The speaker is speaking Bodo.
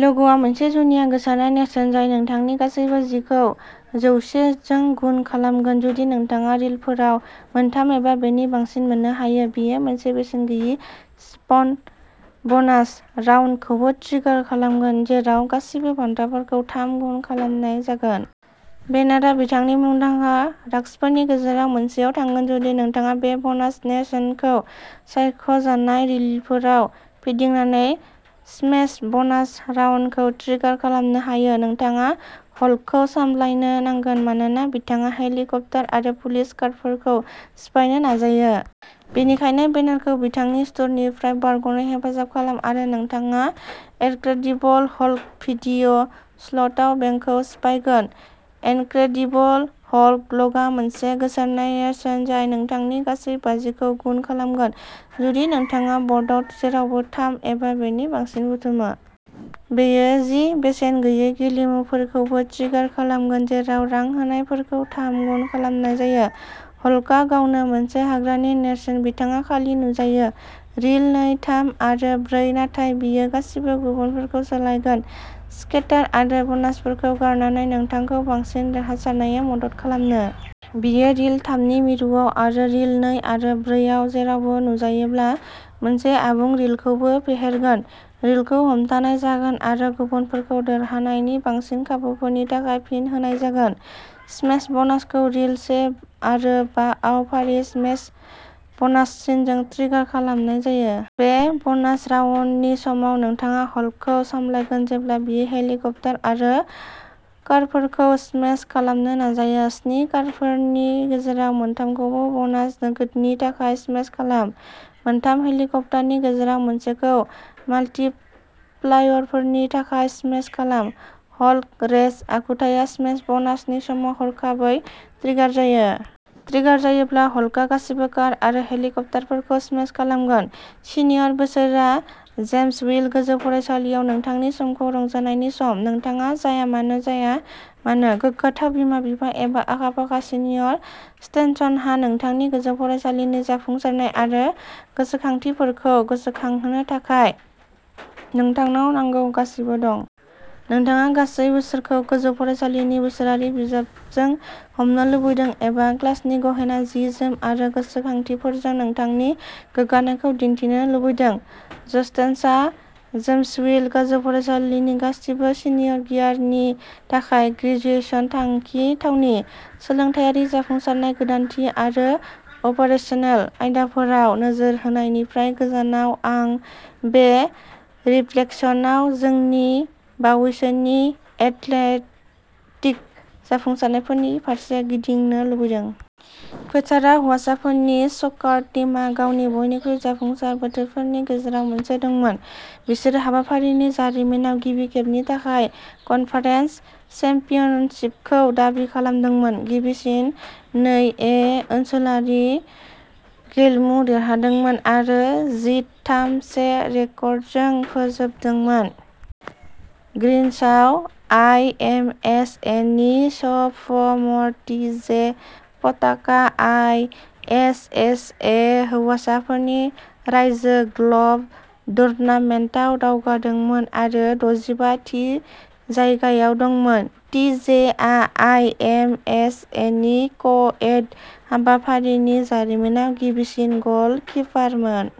लगआ मोनसे जुनिया गोसारनाय नेरसोन जाय नोंथांनि गासै बाजिखौ जौवसे जों गुन खालामगोन जुदि नोंथाङा रिलफोराव मोनथाम एबा बेनि बांसिन मोननो हायो। बेयो मोनसे बेसेन गैयै स्पिन ब'नास राउन्डखौबो ट्रिगार खालामगोन जेराव गासैबो बान्थाफोरखौ थाम गुन खालामनाय जागोन। बेनारआ बिथांनि मुंदांखा राग्सफोरनि गेजेराव मोनसेआव थांगोन जुदि नोंथाङा बे ब'नास नेरसोनखौ सायख'जानाय रिलफोराव फिदिंनानै स्मेश ब'नास राउन्डखौ ट्रिगार खालामनो हायो। नोंथाङा हल्कखौ सामलायनो नांगोन मानोना बिथाङा हेलिकप्टार आरो पुलिस कारफोरखौ सिफायनो नाजायो। बेनिखायनो बेनारखौ बिथांनि सुथुरफोरनिफ्राय बारग'नो हेफाजाब खालाम आरो नोंथाङा इनक्रेडिबल हल्क भिडिय'स्लटआव बेंकखौ सिफायगोन। इनक्रेडिबल हल्क लगआ मोनसे गोसारनाय नेरसोन जाय नोंथांनि गासै बाजिखौ गुन खालामगोन जुदि नोंथाङा बर्डआव जेरावबो थाम एबा बेनि बांसिन बुथुमो। बेयो जि बेसेन गैयै गेलेमुफोरखौबो ट्रिगार खालामगोन जेराव रां होनायफोरखौ थाम गुन खालामनाय जायो। हल्कआ गावनो मोनसे हाग्रानि नेरसोन। बिथाङा खालि नुजायो। रिल नै थाम आरो ब्रै नाथाय बियो गासिबो गुबुनफोरखौ सोलायगोन स्केटार आरो बनासफोरखौ गारनानै नोंथांखौ बांसिन देरहासारनायाव मदद खालामनो। बियो रिल थामनि मिरुआव आरो रिल नै आरो ब्रै आव जेरावबो नुजायोब्ला मोनसे आबुं रिलखौबो फेहेरगोन। रिलखौ हमथानाय जागोन आरो गुबुनफोरखौ देरहानायनि बांसिन खाबुफोरनि थाखाय फिन होनाय जागोन। स्मेश बनासखौ रिल से आरो बा आव फारियै स्मेश बनास सिनजों ट्रिगार खालामनाय जायो। बे बनास राउन्डनि समाव नोंथाङा हल्कखौ सामलायगोन जेब्ला बियो हेलिकप्टार आरो कारफोरखौ स्मेश खालामनो नाजायो। स्नि कारफोरनि गेजेराव मोनथामखौ ब'नास नोगोदनि थाखाय स्मेश खालाम। मोनथाम हेलिकप्टारनि गेजेराव मोनसेखौ माल्टिप्लायरफोरनि थाखाय स्मेश खालाम। हल्क रेज आखुथाया स्मेश बनासनि समाव हरखाबै ट्रिगार जायो। ट्रिगार जायोब्ला, हल्कआ गासिबो कार आरो हेलिकप्टारफोरखौ स्मेश खालामगोन। सिनियर बोसोरआ जेम्सविल गोजौ फरायसालिआव नोंथांनि समखौ रंजानायनि सम। नोंथाङा जायामानो जाया मानो। गोग्गाथाव बिमा-बिफा एबा आखा-फाखा सिनियर जस्टेन्सहा नोंथांनि गोजौ फरायसालिनि जाफुंसारनाय आरो गोसोखांथिफोरखौ गोसोखांनो थाखाय नोंथांनाव नांगौ गासैबो दं। नोंथाङा गासै बोसोरखौ गोजौ फरायसालिनि बोसोरारि बिजाबजों हमनो लुबैदों एबा क्लासनि गहेना जि जोम आरो गोसोखांथिफोरजों नोंथांनि गोग्गानायखौ दिन्थिनो लुबैदों जस्टेन्सआ जेम्सविल गोजौ फरायसालिनि गासिबो सिनियर गियारनि थाखाय ग्रेजुएशन थांखि थावनि। सोलोंथायारि जाफुंसारनाय गोदानथि आरो अपारेसनेल आयदाफोराव नोजोर होनायनिफ्राय गोजानाव आं बे रिफ्लेक्शनआव जोंनि बावैसोनि एथलेटिक जाफुंसारनायफोरनि फारसे गिदिंनो लुबैदों। फोथाराव हौवासाफोरनि स'कार टीमा गावनि बयनिख्रुइ जाफुंसार बोथोरफोरनि गेजेराव मोनसे दंमोन। बिसोरो हाबाफारिनि जारिमिनाव गिबि खेबनि थाखाय कनफारेन्स चेम्पियनशिपखौ दाबि खालामदोंमोन गिबिसिन नै ए ओनसोलारि गेलेमु देरहादोंमोन आरो जिद थाम से रेकर्डजों फोजोबदोंमोन। ग्रीन्सआव आईएमएसएनि स फ मर टी जे पटाकआ आई एच एस ए हौवासाफोरनि रायजो गल्फ टुर्नामेन्टआव दावगादोंमोन आरो दजिबा थि जायगायाव दंमोन। टी जे आ आई एम एस एनि क एड हाबाफारिनि जारिमिनाव गिबिसिन गल खिपारमोन।